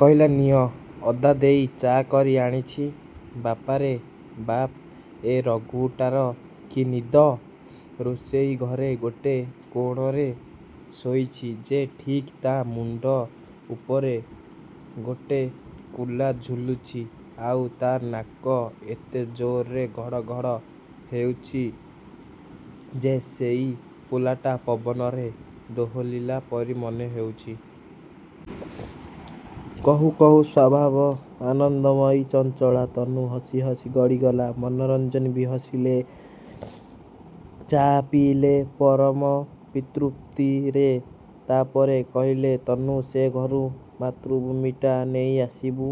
କହିଲା, ନିଅ। ଅଦା ଦେଇ ଚା କରି ଆଣିଛି। ବାପାରେ ବାପ୍, ଏ ରଘୁଟାର କି ନିଦ! ରୋଷେଇ ଘରେ ଗୋଟେ କୋଣରେ ଶୋଇଛି ଯେ ଠିକ୍ ତା' ମୁଣ୍ଡ ଉପରେ ଗୋଟେ କୁଲା ଝୁଲୁଛି ଆଉ ତା' ନାକ ଏତେ ଜୋରରେ ଘଡ଼ଘଡ଼ ହେଉଛି ଯେ ସେଇ କୁଲାଟା ପବନରେ ଦୋହଲିଲା ପରି ମନେହେଉଛି। କହୁ କହୁ ସ୍ୱଭାବ ଆନନ୍ଦମୟୀ, ଚଞ୍ଚଳା ତନୁ ହସି ହସି ଗଡ଼ିଗଲା। ମନୋରଞ୍ଜନ ବି ହସିଲେ। ଚା ପିଇଲେ ପରମ ପିତୃପ୍ତିରେ। ତା'ପରେ କହିଲେ, ତନୁ, ସେ ଘରୁ 'ମାତୃଭୂମି'ଟା ନେଇଆସିବୁ।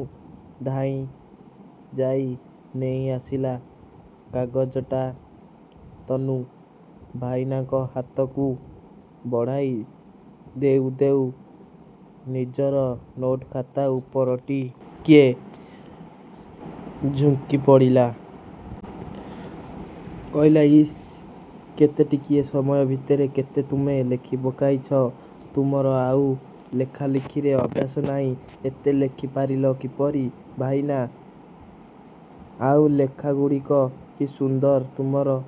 ଧାଇଁଯାଇ ନେଇଆସିଲା କାଗଜଟା ତନୁ। ଭାଇନାଙ୍କ ହାତକୁ ବଢ଼ାଇ ଦେଉ ଦେଉ ନିଜର ନୋଟ୍-ଖାତା ଉପରେ ଟିକିଏ ଝୁଙ୍କିପଡ଼ିଲା। କହିଲା ଇସ୍, କେତେଟିକିଏ ସମୟ ଭିତରେ କେତେ ତୁମେ ଲେଖିପକାଇଛ! ତୁମର ତ ଆଉ ଲେଖାଲେଖିରେ ଅଭ୍ୟାସ ନାହିଁ। ଏତେ ଲେଖିପାରିଲ କିପରି, ଭାଇନା? ଆଉ ଲେଖାଗୁଡ଼ିକ କି ସୁନ୍ଦର ତୁମର!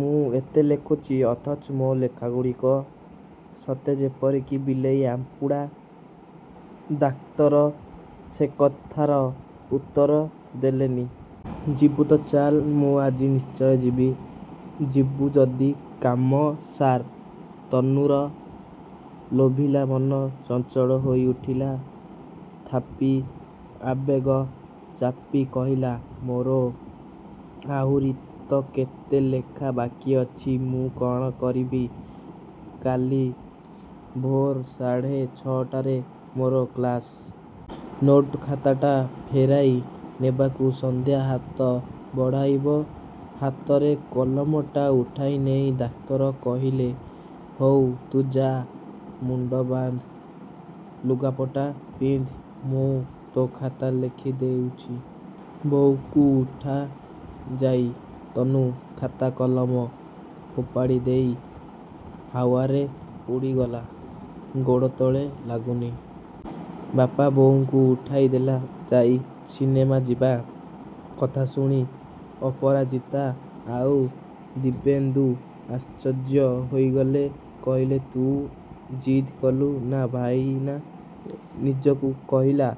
ମୁଁ ଏତେ ଲେଖୁଛି, ଅଥଚ ମୋ ଲେଖାଗୁଡ଼ିକ ସତେଯେପରି କି ବିଲେଇ ଆମ୍ପୁଡ଼ା। ଡାକ୍ତର ସେକଥାର ଉତ୍ତର ଦେଲେନି। ଯିବୁ ତ ଚାଲ୍। ମୁଁ ଆଜି ନିଶ୍ଚୟ ଯିବି। ଯିବୁ ଯଦି କାମ ସାର୍। ତନୁର ଲୋଭିଲା ମନ ଚଞ୍ଚଳ ହୋଇଉଠିଲା। ଥାପି ଆବେଗ ଚାପି କହିଲା, ମୋର ଆହୁରି ତ କେତେ ଲେଖା ବାକି ଅଛି, ମୁଁ କ'ଣ କରିବି? କାଲି ଭୋର୍ ସାଢ଼େ ଛଅଟାରେ ମୋର କ୍ଲାସ୍। ନୋଟ୍ଖା ତାଟା ଫେରାଇ ନେବାକୁ ସନ୍ଧ୍ୟା ହାତ ବଢ଼ାଇବ। ହାତରେ କଲମଟା ଉଠାଇନେଇ ଡାକ୍ତର କହିଲେ, ହଉ, ତୁ ଯା, ମୁଣ୍ଡ ବାନ୍ଧ, ଲୁଗାପଟା ପିନ୍ଧ। ମୁଁ ତୋ ଖାତା ଲେଖିଦେଉଛି। ବୋଉଙ୍କୁ ଉଠା ଯାଇ। ତନୁ ଖାତା-କଲମ ଫୋପାଡ଼ିଦେଇ ହାୱାରେ ଉଡ଼ିଗଲା। ଗୋଡ଼ ତଳେ ଲାଗୁନି। ବାପା ବୋଉଙ୍କୁ ଉଠାଇଦେଲା ଯାଇ। ସିନେମା ଯିବା କଥା ଶୁଣି ଅପରାଜିତା ଆଉ ଦିବ୍ୟେନ୍ଦୁ ଆଶ୍ଚର୍ଯ୍ୟ ହୋଇଗଲେ। କହିଲେ, ତୁ ଜିଦ୍ କଲୁ, ନା ଭାଇନା ନିଜକୁ କହିଲା?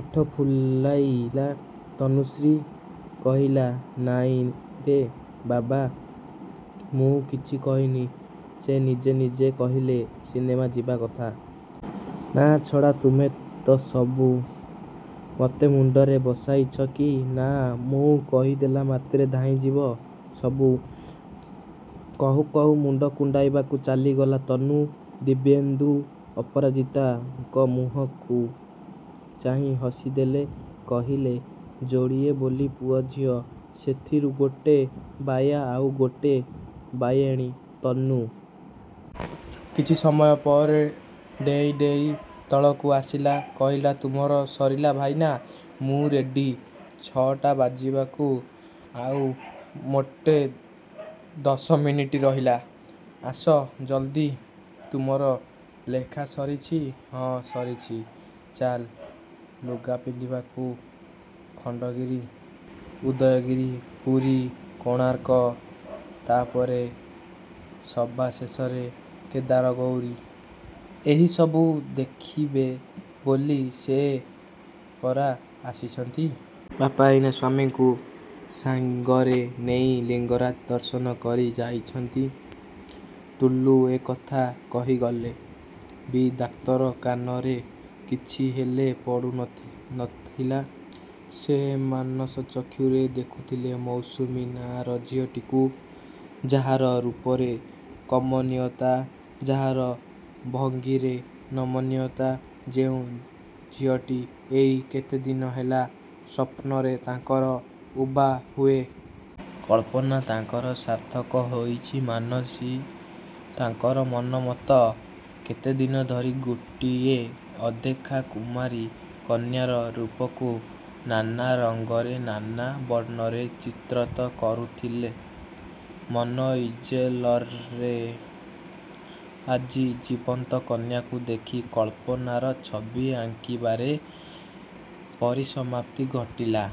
ଓଠ ଫୁଲାଇଲା ତନୁଶ୍ରୀ। କହିଲା, ନାଇଁରେ ବାବା, ମୁଁ କିଛି କହିନି। ସେ ନିଜେ ନିଜେ କହିଲେ ସିନେମା ଯିବା କଥା। ନାଁ ଛଡ଼ା, ତୁମେ ତ ସବୁ ମୋତେ ମୁଣ୍ଡରେ ବସାଇଛ କି ନା, ମୁଁ କହିଦେଲା ମାତ୍ରେ ଧାଇଁଯିବ ସବୁ। କହୁ କହୁ ମୁଣ୍ଡ କୁଣ୍ଡାଇବାକୁ ଚାଲିଗଲା ତନୁ। ଦିବ୍ୟେନ୍ଦୁ ଅପରାଜିତାଙ୍କ ମୁହଁକୁ ଚାହିଁ ହସିଦେଲେ। କହିଲେ, ଯୋଡ଼ିଏ ବୋଲି ପୁଅ ଝିଅ, ସେଥିରୁ ଗୋଟେ ବାୟା ଆଉ ଗୋଟିଏ ବାୟାଣୀ।"ତନୁ କିଛି ସମୟ ପରେ ଡେଇଁ ଡେଇଁ ତଳକୁ ଆସିଲା, କହିଲା, ତୁମର ସରିଲା, ଭାଇନା? ମୁଁ ରେଡ଼ି। ଛଅଟା ବାଜିବାକୁ ଆଉ ମୋଟେ ଦଶ ମିନିଟ୍ ରହିଲା। ଆସ ଜଲ୍ଦି। ତୁମର ଲେଖା ସରିଛି? ହଁ, ସରିଛି। ଚାଲ। ଲୁଗା ପିନ୍ଧିବାକୁ। ଖଣ୍ଡଗିରି, ଉଦୟଗିରି, ପୁରୀ, କୋଣାର୍କ, ତାପରେ ସବା ଶେଷରେ କେଦାରଗୌରୀ ଏହିସବୁ ଦେଖିବେ ବୋଲି ସେ ପରା ଆସିଛନ୍ତି! ବାପା ଏଇନା ସ୍ୱାମୀଙ୍କୁ ସାଙ୍ଗରେ ନେଇ ଲିଙ୍ଗରାଜ ଦର୍ଶନ କରି ଯାଇଛନ୍ତି। ଟୁଲୁ ଏତେ କଥା କହିଗଲେ ବି ଡାକ୍ତରଙ୍କ କାନରେ କିଛି ହେଲେ ପଡ଼ୁନ ନଥିଲା। ସେ ମାନସଚକ୍ଷୁରେ ଦେଖୁଥିଲେ 'ମୌସୁମୀ' ନାଁର ଝିଅଟିକୁ ଯାହାର ରୂପରେ କମନୀୟତା, ଯାହାର ଭଙ୍ଗୀରେ ନମନୀୟତା; ଯେଉଁ ଝିଅଟି ଏଇ କେତେଦିନ ହେଲା ସ୍ୱପ୍ନରେ ତାଙ୍କର ଉଭା ହୁଏ। କଳ୍ପନା ତାଙ୍କର ସାର୍ଥକ ହୋଇଛି, ମାନସୀ ତାଙ୍କର ମନୋମତ। କେତେଦିନ ଧରି ଗୋଟିଏ ଅଦେଖା କୁମାରୀ କନ୍ୟାର ରୂପକୁ ନାନା ରଙ୍ଗରେ, ନାନା ବର୍ଣ୍ଣରେ ଚିତ୍ରତ କରୁଥିଲେ ମନ-ଇଜେଲରେ, ଆଜି ଜୀବନ୍ତ କନ୍ୟାକୁ ଦେଖି କଳ୍ପନାର ଛବି ଆଙ୍କିବାରେ ପରିସମାପ୍ତି ଘଟିଲା।